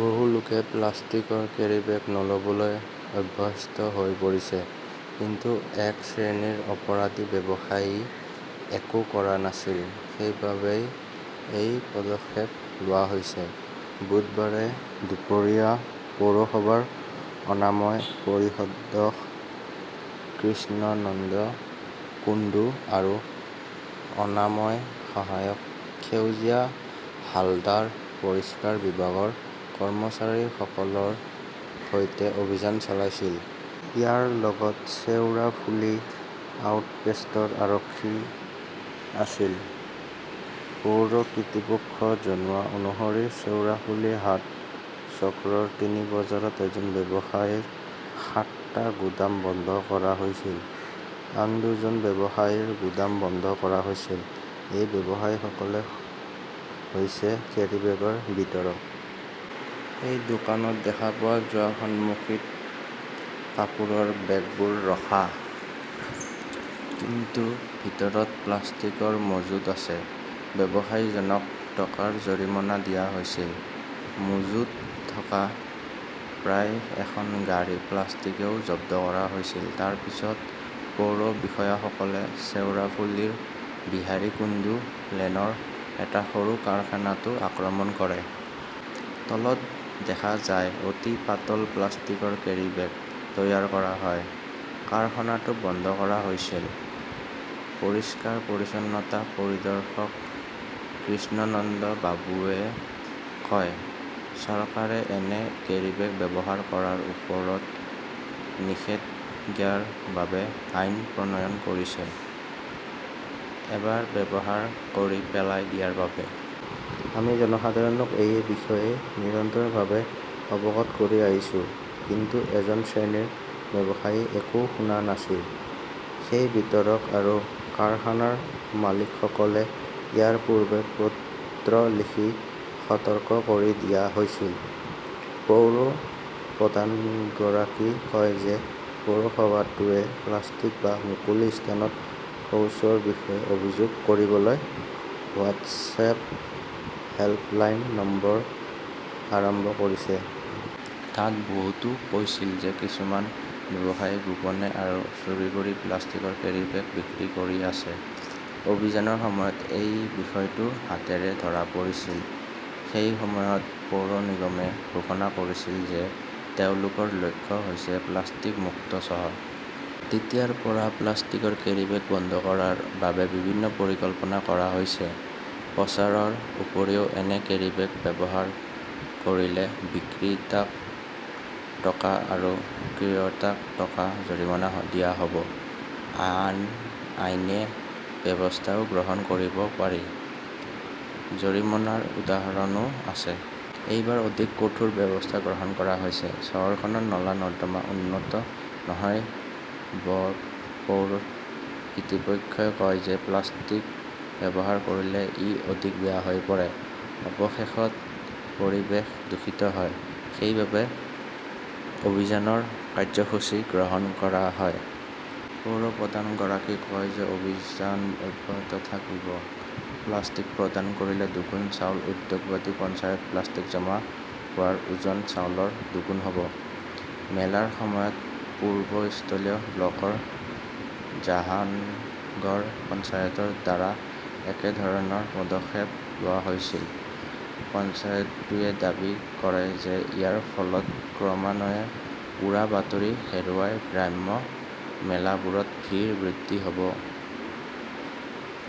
বহু লোকে প্লাষ্টিকৰ কেৰীবেগ নলবলৈ অভ্যস্ত হৈ পৰিছে। কিন্তু এক শ্ৰেণীৰ অপৰাধী ব্যৱসায়ীয়ে একো কৰা নাছিল। সেইবাবেই এই পদক্ষেপ লোৱা হৈছে। বুধবাৰে দুপৰীয়া পৌৰসভাৰ অনাময় পৰিদৰ্শক কৃষ্ণেন্দ্ৰ কুণ্ডু আৰু অনাময় সহায়ক সেউজীয়া হালদাৰ পৰিষ্কাৰ বিভাগৰ কৰ্মচাৰীসকলৰ সৈতে অভিযান চলাইছিল। ইয়াৰ লগত শ্বেওৰাফুলি আউটপোষ্টৰ আৰক্ষীও আছিল। পৌৰ কৰ্তৃপক্ষই জনোৱা অনুসৰি শ্বেওৰাফুলি হাট চক্ৰৰ টিন বজাৰত এজন ব্যৱসায়ীৰ সাতটা গুদাম বন্ধকৰা হৈছিল। আন দুজন ব্যৱসায়ীৰ গুদামো বন্ধ কৰা হৈছিল। এই ব্যৱসায়ীসকল হৈছে কেৰিববেগৰ বিতৰক। এটা দোকানত দেখা পোৱা যায় সন্মুখত কাপোৰৰ বেগবোৰ ৰখা, কিন্তু ভিতৰত প্লাষ্টিকৰ মজুত আছে। ব্যৱসায়ীজনক টকাৰ জৰিমনা দিয়া হৈছিল। মজুত থকা প্ৰায় এখন গাড়ী প্লাষ্টিকও জব্দ কৰা হৈছিল। তাৰ পিছত পৌৰ বিষয়াসকলে শ্বেওৰাফুলীৰ বিহাৰী কুণ্ডু লেনৰ এটা সৰু কাৰখানাতো আক্ৰমণ কৰে। তাত দেখা যায় অতি পাতল প্লাষ্টিকৰ কেৰিবেগ তৈয়াৰ কৰা হয়। কাৰখানাটো বন্ধ কৰা হৈছিল। পৰিষ্কাৰ-পৰিচ্ছন্নতা পৰিদৰ্শক কৃষ্ণেন্দ্ৰবাবুৱে কয়, চৰকাৰে এনে কেৰীবেগ ব্যৱহাৰ কৰাৰ ওপৰত নিষেধাজ্ঞাৰ বাবে আইন প্ৰণয়ন কৰিছে এবাৰ ব্যৱহাৰ কৰি পেলাই দিয়াৰ বাবে। আমি জনসাধাৰণক এই বিষয়ে নিৰন্তৰভাৱে অৱগত কৰি আহিছোঁ। কিন্তু এজন শ্ৰেণীৰ ব্যৱসায়ীয়ে একো শুনা নাছিল। সেই বিতৰক আৰু কাৰখানাৰ মালিকসকলক ইয়াৰ পূৰ্বে পত্ৰ লিখি সতৰ্ক কৰি দিয়া হৈছিল। পৌৰ প্ৰধানগৰাকীয়ে কয় যে পৌৰসভাটোৱে প্লাষ্টিক বা মুকলি স্থানত শৌচৰ বিষয়ে অভিযোগ কৰিবলৈ হোৱাটছআপ হেল্প লাইন নম্বৰ আৰম্ভ কৰিছে। তাত বহুতে কৈছিল যে কিছুমান ব্যৱসায়ীয়ে গোপনে আৰু চুৰি কৰি প্লাষ্টিকৰ কেৰীবেগ বিক্ৰী কৰি আছে। অভিযানৰ সময়ত এই বিষয়টো হাতেৰে ধৰা পৰিছিল। সেই সময়ত পৌৰ নিগমে ঘোষণা কৰিছিল যে তেওঁলোকৰ লক্ষ্য হৈছে প্লাষ্টিক-মুক্ত চহৰ। তেতিয়াৰ পৰা প্লাষ্টিকৰ কেৰিবেগ বন্ধ কৰাৰ বাবে বিভিন্ন পৰিকল্পনা কৰা হৈছে। প্ৰচাৰৰ উপৰিও এনে কেৰীবেগ ব্যৱহাৰ কৰিলে বিক্ৰেতাক টকা আৰু ক্ৰেতাক টকা জৰিমনা দিয়া হ 'ব। আন আইনী ব্যৱস্থাও গ্ৰহণ কৰিব পাৰি। জৰিমনাৰ উদাহৰণো আছে। এইবাৰ অধিক কঠোৰ ব্যৱস্থা গ্ৰহণ কৰা হৈছে। চহৰখনৰ নলা-নৰ্দমা উন্নত নহয় বপৌৰ কৰ্তৃপক্ষই কয় যে প্লাষ্টিক ব্যৱহাৰ কৰিলে ই অধিক বেয়া হৈ পৰে। অৱশেষত, পৰিৱেশ দূষিত হয়। সেইবাবেই অভিযানৰ কাৰ্যসূচী গ্ৰহণ কৰা হয়। পৌৰ প্ৰধানগৰাকীয়ে কয় যে অভিযান অব্যাহত থাকিব। প্লাষ্টিক প্ৰদান কৰিলে দুগুণ চাউল, উদ্যোগবাদী পঞ্চায়ত প্লাষ্টিক জমা হোৱাৰ ওজন চাউলৰ দুগুণ হ'ব। মেলাৰ সময়ত পূবস্থলী ব্লকৰ জাহানগৰ পঞ্চায়তৰ দ্বাৰা একেধৰণৰ পদক্ষেপ লোৱা হৈছিল। পঞ্চায়তটোৱে দাবী কৰে যে ইয়াৰ ফলত ক্ৰমান্বয়ে উৰাবাতৰি হেৰুওৱা গ্ৰাম্য মেলাবোৰত ভিৰ বৃদ্ধি পাব, লগতে পৰিৱেশৰ প্ৰদূষণ হ্ৰাস হ 'ব।